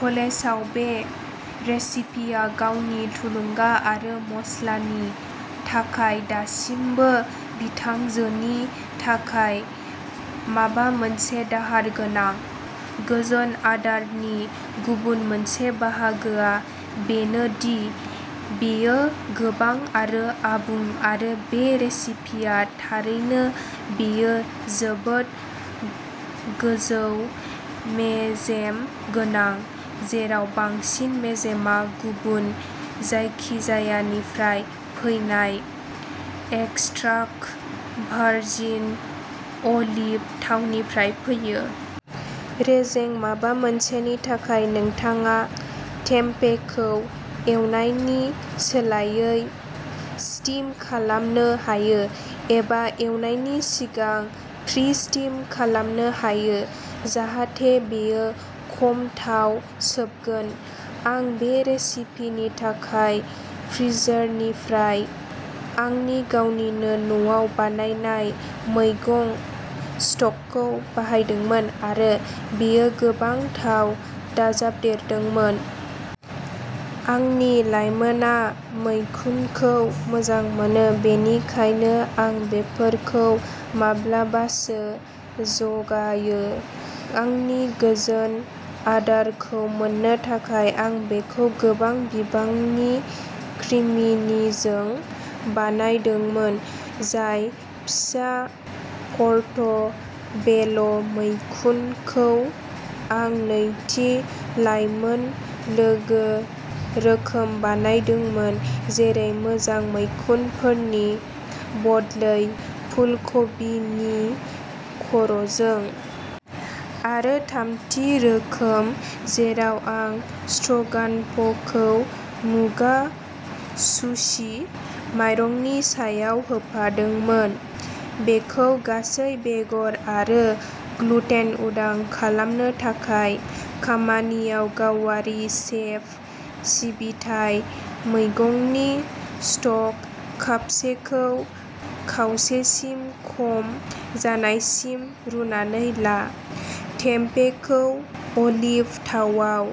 कलेजआव बे रेसिपिया गावनि थुलुंगा आरो मस्लानि थाखाय दासिमबो बिथांजोनि थाखाय माबा मोनसे दाहार गोनां। गोजोन आदारनि गुबुन मोनसे बाहागोआ बेनो दि बेयो गोबां आरो आबुं, आरो बे रेसिपिया थारैनो बेयो जोबोद गोजौ-मेजेम गोनां, जेराव बांसिन मेजेमआ गुबुन जायखिजायानिफ्राय फैनाय एक्स्ट्रा भार्जिन अलिभ थावनिफ्राय फैयो। रेजें माबा मोनसेनि थाखाय नोंथाङा टेम्पेखौ एवनायनि सोलायै स्टिम खालामनो हायो, एबा एवनायनि सिगां प्रि-स्टिम खालामनो हायो जाहाथे बेयो खम थाव सोबगोन। आं बे रेसिपिनि थाखाय फ्रिजारनिफ्राय आंनि गावनिनो न'आव बानायनाय मैगं स्टकखौ बाहायदोंमोन आरो बेयो गोबां थाव दाजाबदेरदोंमोन। आंनि लाइमोनआ मैखुनखौ मोजां मोना, बेनिखायनो आं बेफोरखौ माब्लाबासो जगायो। आंनि गोजोन आदारखौ मोननो थाखाय, आं बेखौ गोबां बिबांनि क्रिमिनिजों बानायदोंमोन, जाय फिसा पर्ट' बेल' मैखुनफोर। आं नैथि, लाइमोन-लोगो रोखोम बानायदोंमोन, जेरै मोजां, मैखुनफोरनि बदलै फुलकबिनि खर'जों। आरो थामथि रोखोम जेराव आं स्ट्र'गान'फखौ मुगा सुशि माइरंनि सायाव होफादोंमोन, बेखौ गासै-बेगर आरो ग्लुटेन-उदां खालामनो थाखाय। खामानियाव गावारि सेफ सिबिथाइ मैगंनि स्टक कापसेखौ खावसेसिम खम जानायसिम रुनानै ला। टेम्पेखौ अलिभ थावाव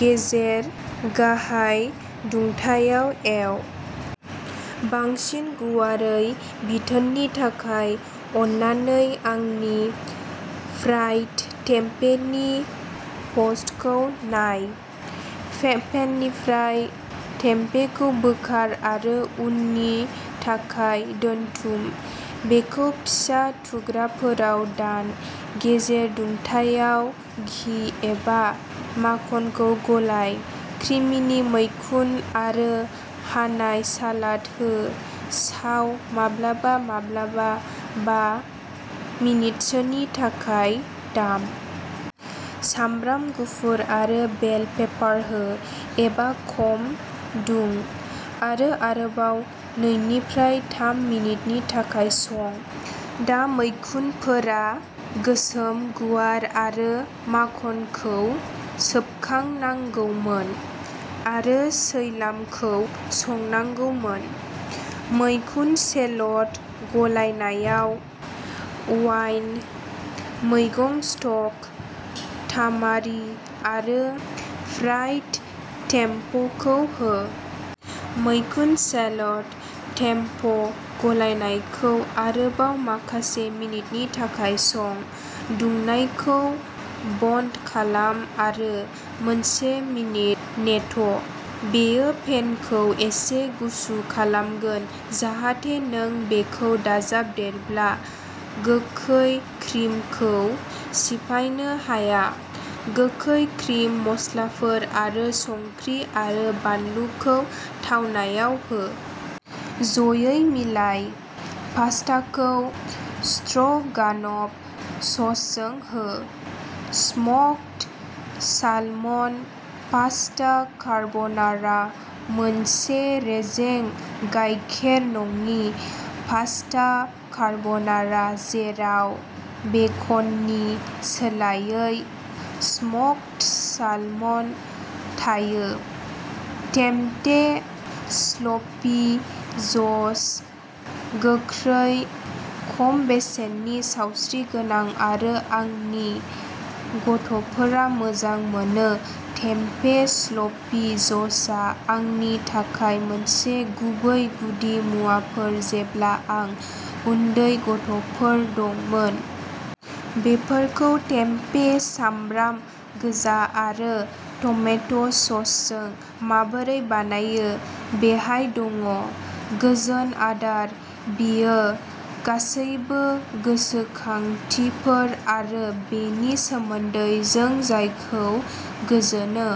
गेजेर-गाहाय दुंथायाव एव। बांसिन गुवारै बिथोननि थाखाय अननानै आंनि फ्राइड टेम्पे नि पस्टखौ नाय। पेननिफ्राय टेम्पेखौ बोखार आरो उननि थाखाय दोनथुम। बेखौ फिसा थुख्राफोराव दान। गेजेर दुंथायाव घि एबा माखनखौ गलाइ। क्रिमिनि मैखुन आरो हानाय सालाद हो, साव, माब्लाबा-माब्लाबा, बा मिनिटसोनि थाखाय दाम। सामब्राम गुफुर आरो बेल पेपार हो, एसे खम दुं, आरो आरोबाव नैनिफ्राय थाम मिनिटनि थाखाय सं। दा मैखुनफोरा गोसोम गुरै आरो माखनखौ सोबखांनांगौमोन आरो सैलामखौ संनांगौमोन। मैखुन सेलट गलायनायाव अवाइन, मैगं स्टक, तामारि आरो फ्राइड टेम्पेखौ हो। मैखुन सेलट टेम्पे गलायनायखौ आरोबाव माखासे मिनिटनि थाखाय सं। दुंनायखौ बन्द खालाम आरो मोनसे मिनिट नेथ', बेयो पेनखौ एसे गुसु खालामगोन जाहाथे नों बेखौ दाजाबदेरब्ला गोखै क्रिमखौ सिफायनो हाया। गोखै क्रिम, मस्लाफोर, आरो संख्रि आरो बानलुखौ थावनायाव हो। जयै मिलाय। पास्ताखौ स्ट्र'गानफ ससजों हो। स्मक्ड सालमन पास्ता कार्ब'नारा मोनसे रेजें, गायखेर-नङि पास्ता कार्ब'नारा जेराव बेकननि सोलायै स्मक्ड सालमन थायो। टेम्पे स्लपि ज'ज गोख्रै, खम बेसेननि, सावस्रिगोनां, आरो आंनि गथ'फोरा मोजां मोनो टेम्पे स्लपि ज'जआ आंनि थाखाय मोनसे गुबै गुदि मुवाफोर जेब्ला आं उन्दै गथ'फोर दंमोन। बेफोरखौ टेम्पे, सामब्राम गोजा आरो टमेट' ससजों माबोरै बानायो बेहाय दङ। गोजोन आदार बेयो गासैबो गोसोखांथिफोर आरो बेनि सोमोन्दै जों जायखौ गोजोनो।